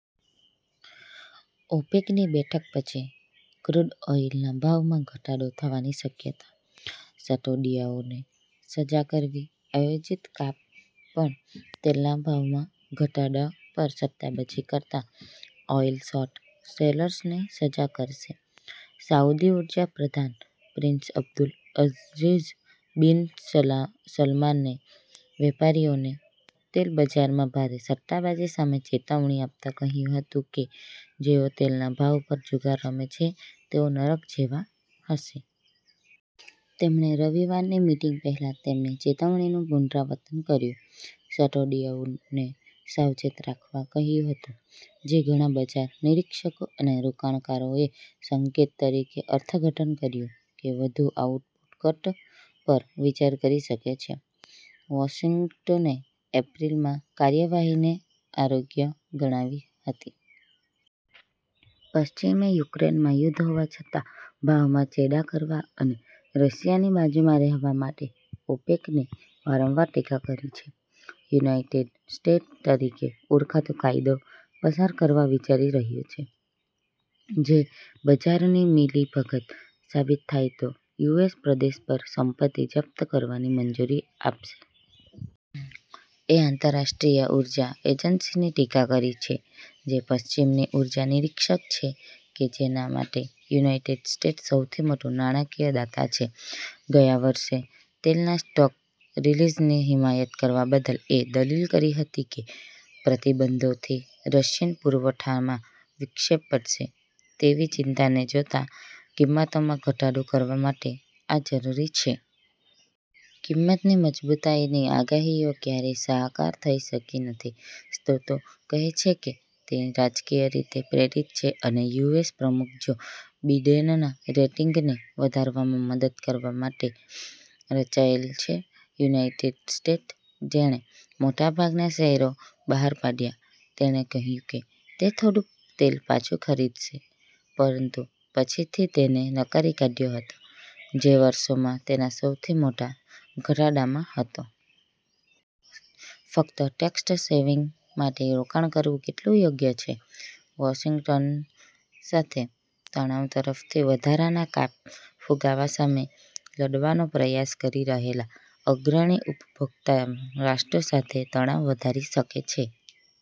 ઓપેકની બેઠક પછી ક્રૂડ ઓઇલના ભાવમાં ઘટાડો થવાની શક્યતા. સટોડિયાઓને સજા કરવી, આયોજિત કાપ પણ તેલના ભાવમાં ઘટાડા પર સટ્ટાબાજી કરતા ઓઇલ શોર્ટ સેલર્સને સજા કરશે. સાઉદી ઉર્જા પ્રધાન પ્રિન્સ અબ્દુલ અઝીઝ બિન સલા સલમાને વેપારીઓને તેલ બજારમાં ભારે સટ્ટાબાજી સામે ચેતવણી આપતાં કહ્યું હતું કે જેઓ તેલના ભાવ પર જુગાર રમે છે તેઓ "નરક જેવા" હશે. તેમણે રવિવારની મીટિંગ પહેલા તેમની ચેતવણીનું પુનરાવર્તન કર્યું, સટોડિયાઓને "સાવચેત રાખવા" કહ્યું હતું, જે ઘણા બજાર નિરીક્ષકો અને રોકાણકારોએ સંકેત તરીકે અર્થઘટન કર્યું કે વધુ આઉટપુટ કટ પર વિચાર કરી શકે છે. વોશિંગ્ટને એપ્રિલમાં કાર્યવાહીને અયોગ્ય ગણાવી હતી. પશ્ચિમે યુક્રેનમાં યુદ્ધ હોવા છતાં ભાવમાં ચેડાં કરવા અને રશિયાની બાજુમાં રહેવા માટે ઓપેકની વારંવાર ટીકા કરી છે. યુનાઇટેડ સ્ટેટ્સ તરીકે ઓળખાતો કાયદો પસાર કરવા વિચારી રહ્યું છે, જે બજારની મિલીભગત સાબિત થાય તો યુએસ પ્રદેશ પર સંપત્તિ જપ્ત કરવાની મંજૂરી આપશે. એ આંતરરાષ્ટ્રીય ઉર્જા એજન્સીની ટીકા કરી છે, જે પશ્ચિમની ઉર્જા નિરીક્ષક છે કે જેના માટે યુનાઇટેડ સ્ટેટ્સ સૌથી મોટું નાણાકીય દાતા છે, ગયા વર્ષે તેલના સ્ટોક રિલીઝની હિમાયત કરવા બદલ એ દલીલ કરી હતી કે પ્રતિબંધોથી રશિયન પુરવઠામાં વિક્ષેપ પડશે તેવી ચિંતાને જોતાં કિંમતોમાં ઘટાડો કરવા માટે આ જરૂરી છે. કિંમતની મજબૂતાઈની આગાહીઓ ક્યારેય સાકાર થઈ શકી નથી, સ્ત્રોતો કહે છે કે તે રાજકીય રીતે પ્રેરિત છે અને યુએસ પ્રમુખ જો બિડેનના રેટિંગને વધારવામાં મદદ કરવા માટે રચાયેલ છે. યુનાઇટેડ સ્ટેટ્ જેણે મોટાભાગના શેરો બહાર પાડ્યા, તેણે કહ્યું કે તે થોડું તેલ પાછું ખરીદશે, પરંતુ પછીથી તેને નકારી કાઢ્યો હતો, જે વર્ષોમાં તેના સૌથી મોટા ઘટાડામાં હતો. ફક્ત ટેક્સટ સેવિંગ માટે રોકાણ કરવું કેટલું યોગ્ય છે? વોશિંગ્ટન સાથે તણાવ તરફથી વધારાના કાપ ફુગાવા સામે લડવાનો પ્રયાસ કરી રહેલા અગ્રણી ઉપભોક્તા રાષ્ટ્રો સાથે તણાવ વધારી શકે છે.